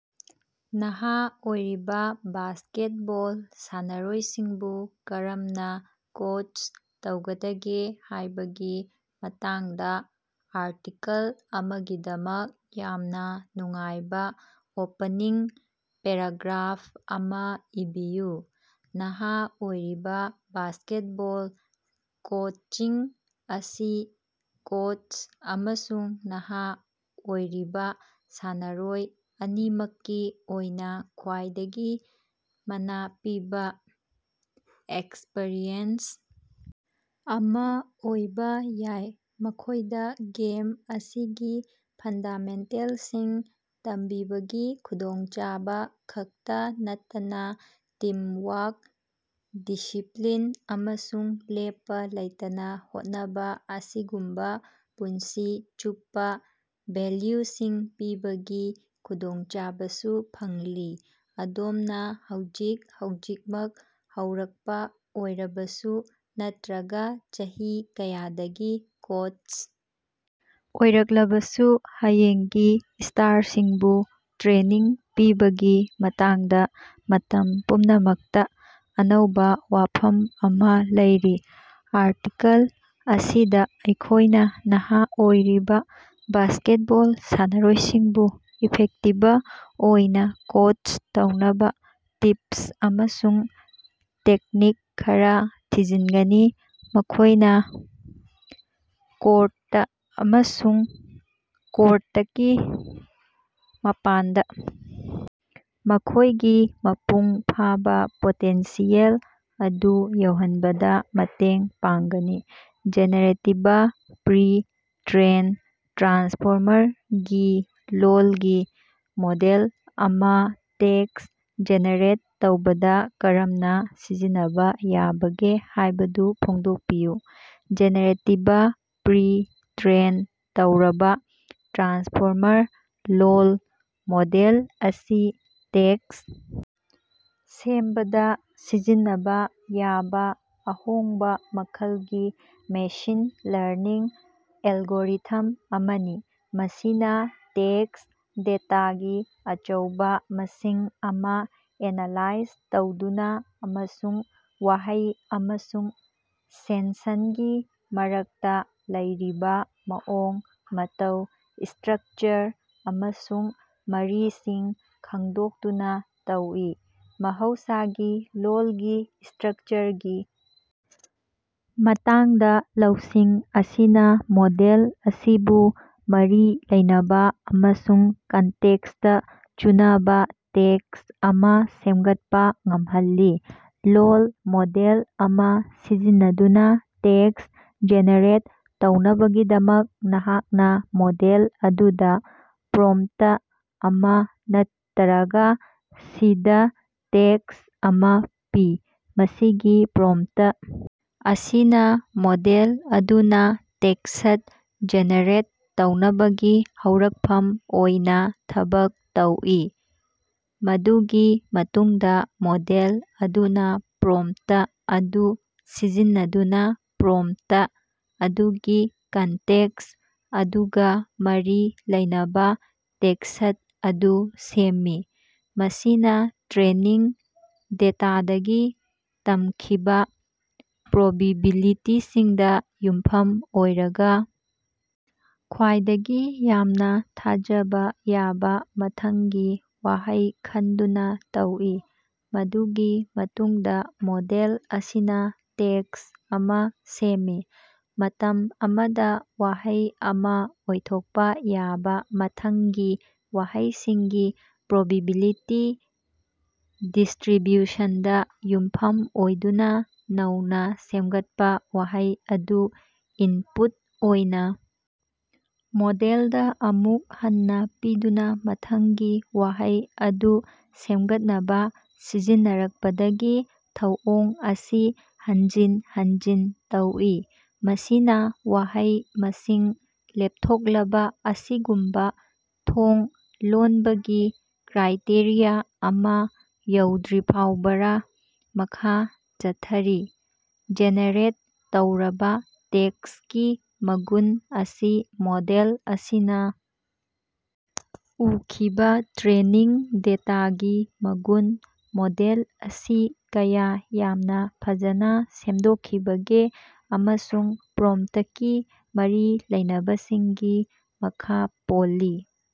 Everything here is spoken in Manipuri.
ꯅꯍꯥ ꯑꯣꯏꯔꯤꯕ ꯕꯥꯁ꯭ꯀꯦꯠꯕꯣꯜ ꯁꯥꯟꯅꯔꯣꯏꯁꯤꯡꯕꯨ ꯀꯔꯝꯅ ꯀꯣꯆ ꯇꯧꯒꯗꯒꯦ ꯍꯥꯏꯕꯒꯤ ꯃꯇꯥꯡꯗ ꯑꯥꯔꯇꯤꯀꯜ ꯑꯃꯒꯤꯗꯃꯛ ꯌꯥꯝꯅ ꯅꯨꯡꯉꯥꯏꯕ ꯑꯣꯄꯅꯤꯡ ꯄꯦꯔꯥꯒ꯭ꯔꯥꯐ ꯑꯃ ꯏꯕꯤꯌꯨ꯫ ꯅꯍ ꯑꯣꯏꯔꯤꯕ ꯕꯥꯁ꯭ꯀꯦꯠꯕꯣꯜ ꯀꯣꯆꯤꯡ ꯑꯁꯤ ꯀꯣꯆ ꯑꯃꯁꯨꯡ ꯅꯍꯥ ꯑꯣꯏꯔꯤꯕ ꯁꯥꯟꯅꯔꯣꯏ ꯑꯅꯤꯃꯛꯀꯤ ꯑꯣꯏꯅ ꯈ꯭ꯋꯥꯏꯗꯒꯤ ꯃꯅ ꯄꯤꯕ ꯑꯦꯛꯁꯄꯔꯤꯌꯦꯟꯁ ꯑꯃ ꯑꯣꯏꯕ ꯌꯥꯏ꯫ ꯃꯈꯣꯏꯗ ꯒꯦꯝ ꯑꯁꯤꯒꯤ ꯐꯟꯗꯥꯃꯦꯟꯇꯦꯜꯁꯤꯡ ꯇꯝꯕꯤꯕꯒꯤ ꯈꯨꯗꯣꯡꯆꯥꯕ ꯈꯛꯇ ꯅꯠꯇꯅ ꯇꯤꯝꯋꯥꯔꯛ, ꯗꯤꯁꯤꯄ꯭ꯂꯤꯟ, ꯑꯃꯁꯨꯡ ꯂꯦꯞꯄ ꯂꯩꯇꯅ ꯍꯣꯠꯅꯕ ꯑꯁꯤꯒꯨꯝꯕ ꯄꯨꯟꯁꯤ ꯆꯨꯞꯄ ꯚꯦꯂ꯭ꯌꯨꯁꯤꯡ ꯄꯤꯕꯒꯤ ꯈꯨꯗꯣꯡꯆꯥꯕꯁꯨ ꯐꯪꯂꯤ꯫ ꯑꯗꯣꯝꯅ ꯍꯧꯖꯤꯛ ꯍꯧꯖꯤꯛꯃꯛ ꯍꯧꯔꯛꯄ ꯑꯣꯏꯔꯕꯁꯨ ꯅꯠꯇ꯭ꯔꯒ ꯆꯍꯤ ꯀꯌꯥꯗꯒꯤ ꯀꯣꯆ ꯑꯣꯏꯔꯛꯂꯕꯁꯨ, ꯍꯌꯦꯡꯒꯤ ꯁ꯭ꯇꯥꯔꯁꯤꯡꯕꯨ ꯇ꯭ꯔꯦꯅꯤꯡ ꯄꯤꯕꯒꯤ ꯃꯇꯥꯡꯗꯥ ꯃꯇꯝ ꯄꯨꯝꯅꯃꯛꯇ ꯑꯅꯧꯕ ꯋꯥꯐꯝ ꯑꯃ ꯂꯩꯔꯤ꯫ ꯑꯥꯔꯇꯤꯀꯜ ꯑꯁꯤꯗꯥ ꯑꯩꯈꯣꯏꯅ ꯅꯍ ꯑꯣꯏꯔꯤꯕ ꯕꯥꯁ꯭ꯀꯦꯠꯕꯣꯜ ꯁꯥꯟꯅꯔꯣꯏꯁꯤꯡꯕꯨ ꯏꯐꯦꯛꯇꯤꯕ ꯑꯣꯏꯅ ꯀꯣꯆ ꯇꯧꯅꯕ ꯇꯤꯞꯁ ꯑꯃꯁꯨꯡ ꯇꯦꯛꯅꯤꯛ ꯈꯔ ꯊꯤꯖꯤꯟꯒꯅꯤ, ꯃꯈꯣꯏꯅ ꯀꯣꯔꯠꯇꯥ ꯑꯃꯁꯨꯡ ꯀꯣꯔꯇꯀꯤ ꯃꯄꯥꯟꯗ ꯃꯈꯣꯏꯒꯤ ꯃꯄꯨꯡ ꯐꯥꯕ ꯄꯣꯇꯦꯟꯁꯤꯌꯦꯜ ꯑꯗꯨ ꯌꯧꯍꯟꯕꯗ ꯃꯇꯦꯡ ꯄꯥꯡꯒꯅꯤ꯫ ꯖꯦꯅꯦꯔꯦꯇꯤꯕ ꯄ꯭ꯔꯤ ꯇ꯭ꯔꯦꯟ ꯇ꯭ꯔꯥꯟꯁꯐꯣꯔꯃꯔ ꯒꯤ ꯂꯣꯜꯒꯤ ꯃꯣꯗꯦꯜ ꯑꯃ ꯇꯦꯛꯁ ꯖꯦꯅꯦꯔꯦꯠ ꯇꯧꯕꯗ ꯀꯔꯝꯅ ꯁꯤꯖꯤꯟꯅꯕ ꯌꯥꯕꯒꯦ ꯍꯥꯏꯕꯗꯨ ꯐꯣꯡꯗꯣꯛꯄꯤꯌꯨ꯫ ꯖꯦꯅꯦꯔꯦꯇꯤꯕ ꯄ꯭ꯔꯤ ꯇ꯭ꯔꯦꯟ ꯇꯧꯔꯕ ꯇ꯭ꯔꯥꯟꯁꯐꯣꯔꯃꯔ ꯂꯣꯜ ꯃꯣꯗꯦꯜ ꯑꯁꯤ ꯇꯦꯛꯁ ꯁꯦꯝꯕꯗ ꯁꯤꯖꯤꯟꯅꯕ ꯌꯥꯕ ꯑꯍꯣꯡꯕ ꯃꯈꯜꯒꯤ ꯃꯦꯁꯤꯟ ꯂꯔꯅꯤꯡ ꯑꯦꯜꯒꯣꯔꯤꯊꯝ ꯑꯃꯅꯤ꯫ ꯃꯁꯤꯅ ꯇꯦꯛꯁ ꯗꯦꯇꯥꯒꯤ ꯑꯆꯧꯕ ꯃꯁꯤꯡ ꯑꯃ ꯑꯦꯅꯥꯂꯥꯏꯖ ꯇꯧꯗꯨꯅ ꯑꯃꯁꯨꯡ ꯋꯥꯍꯩ ꯑꯃꯁꯨꯡ ꯁꯦꯟꯁꯟꯒꯤ ꯃꯔꯛꯇ ꯂꯩꯔꯤꯕ ꯃꯑꯣꯡ ꯃꯇꯧ, ꯁꯇ꯭ꯔꯛꯆꯔ ꯑꯃꯁꯨꯡ ꯃꯔꯤꯁꯤꯡ ꯈꯪꯗꯣꯛꯇꯨꯅ ꯇꯧꯏ꯫ ꯃꯍꯧꯁꯥꯒꯤ ꯂꯣꯜꯒꯤ ꯁꯇ꯭ꯔꯛꯆꯔꯒꯤ ꯃꯇꯥꯡꯗ ꯂꯧꯁꯤꯡ ꯑꯁꯤꯅ ꯃꯣꯗꯦꯜ ꯑꯁꯤꯕꯨ ꯃꯔꯤ ꯂꯩꯅꯕ ꯑꯃꯁꯨꯡ ꯀꯟꯇꯦꯛꯁꯇ ꯆꯨꯅꯕ ꯇꯦꯛꯁ ꯑꯃ ꯁꯦꯝꯒꯠꯄꯥ ꯉꯝꯍꯜꯂꯤ꯫ ꯂꯣꯜ ꯃꯣꯗꯦꯜ ꯑꯃ ꯁꯤꯖꯤꯟꯅꯗꯨꯅ ꯇꯦꯛꯁ ꯖꯦꯅꯦꯔꯦꯠ ꯇꯧꯅꯕꯒꯤꯗꯃꯛ, ꯅꯍꯥꯛꯅ ꯃꯣꯗꯦꯜ ꯑꯗꯨꯗ ꯄ꯭ꯔꯣꯝꯇ ꯑꯃ ꯅꯠꯇꯔꯒ ꯁꯤꯗ ꯇꯦꯛꯁ ꯑꯃ ꯄꯤ꯫ ꯃꯁꯤꯒꯤ ꯄ꯭ꯔꯣꯝꯇ ꯑꯁꯤꯅ ꯃꯣꯗꯦꯜ ꯑꯗꯨꯅ ꯇꯦꯛꯁꯠ ꯖꯦꯅꯦꯔꯦꯠ ꯇꯧꯅꯕꯒꯤ ꯍꯧꯔꯛꯐꯝ ꯑꯣꯏꯅ ꯊꯕꯛ ꯇꯧꯏ꯫ ꯃꯗꯨꯒꯤ ꯃꯇꯨꯡꯗ ꯃꯣꯗꯦꯜ ꯑꯗꯨꯅ ꯄ꯭ꯔꯣꯝꯇ ꯑꯗꯨ ꯁꯤꯖꯤꯟꯅꯗꯨꯅ ꯄ꯭ꯔꯣꯝꯇ ꯑꯗꯨꯒꯤ ꯀꯟꯇꯦꯛꯁ ꯑꯗꯨꯒ ꯃꯔꯤ ꯂꯩꯅꯕ ꯇꯦꯛꯁꯠ ꯑꯗꯨ ꯁꯦꯝꯃꯤ꯫ ꯃꯁꯤꯅ ꯇ꯭ꯔꯦꯅꯤꯡ ꯗꯦꯇꯥꯗꯒꯤ ꯇꯝꯈꯤꯕ ꯄ꯭ꯔꯣꯕꯤꯕꯤꯂꯤꯇꯤꯁꯤꯡꯗ ꯌꯨꯝꯐꯝ ꯑꯣꯏꯔꯒ ꯈ꯭ꯋꯥꯏꯗꯒꯤ ꯌꯥꯝꯅ ꯊꯥꯖꯕ ꯌꯥꯕ ꯃꯊꯪꯒꯤ ꯋꯥꯍꯩ ꯈꯟꯗꯨꯅ ꯇꯧꯏ꯫ ꯃꯗꯨꯒꯤ ꯃꯇꯨꯡꯗ ꯃꯣꯗꯦꯜ ꯑꯁꯤꯅ ꯇꯦꯛꯁ ꯑꯃ ꯁꯦꯝꯃꯤ, ꯃꯇꯝ ꯑꯃꯗ ꯋꯥꯍꯩ ꯑꯃ ꯑꯣꯏꯊꯣꯛꯄ ꯌꯥꯕ ꯃꯊꯪꯒꯤ ꯋꯥꯍꯩꯁꯤꯡꯒꯤ ꯄ꯭ꯔꯣꯕꯤꯕꯤꯂꯤꯇꯤ ꯗꯤꯁꯇ꯭ꯔꯤꯕ꯭ꯌꯨꯁꯟꯗ ꯌꯨꯝꯐꯝ ꯑꯣꯏꯗꯨꯅ꯫ ꯅꯧꯅ ꯁꯦꯝꯒꯠꯄ ꯋꯥꯍꯩ ꯑꯗꯨ ꯏꯟꯄꯨꯠ ꯑꯣꯏꯅ ꯃꯣꯗꯦꯜꯗ ꯑꯃꯨꯛ ꯍꯟꯅ ꯄꯤꯗꯨꯅ ꯃꯊꯪꯒꯤ ꯋꯥꯍꯩ ꯑꯗꯨ ꯁꯦꯝꯒꯠꯅꯕ ꯁꯤꯖꯤꯟꯅꯔꯛꯄꯗꯒꯤ ꯊꯧꯑꯣꯡ ꯑꯁꯤ ꯍꯟꯖꯤꯟ ꯍꯟꯖꯤꯟ ꯇꯧꯏ, ꯃꯁꯤꯅ ꯋꯥꯍꯩ ꯃꯁꯤꯡ ꯂꯦꯞꯊꯣꯛꯂꯕ ꯑꯁꯤꯒꯨꯝꯕ ꯊꯣꯡ ꯂꯣꯟꯕꯒꯤ ꯀ꯭ꯔꯥꯏꯇꯦꯔꯤꯌꯥ ꯑꯃ ꯌꯧꯗ꯭ꯔꯤꯐꯥꯎꯕꯥꫪ ꯃꯈꯥ ꯆꯠꯊꯔꯤ꯫ ꯖꯦꯅꯦꯔꯦꯠ ꯇꯧꯔꯕ ꯇꯦꯛꯁꯀꯤ ꯃꯒꯨꯟ ꯑꯁꯤ ꯃꯣꯗꯦꯜ ꯑꯁꯤꯅ ꯎꯈꯤꯕ ꯇ꯭ꯔꯦꯅꯤꯡ ꯗꯦꯇꯥꯒꯤ ꯃꯒꯨꯟ, ꯃꯣꯗꯦꯜ ꯑꯁꯤ ꯀꯌꯥ ꯌꯥꯝꯅ ꯐꯖꯅ ꯁꯦꯝꯗꯣꯛꯈꯤꯕꯒꯦ ꯑꯃꯁꯨꯡ ꯄ꯭ꯔꯣꯝꯇꯀꯤ ꯃꯔꯤ ꯂꯩꯅꯕꯁꯤꯡꯒꯤ ꯃꯈ ꯄꯣꯜꯂꯤ꯫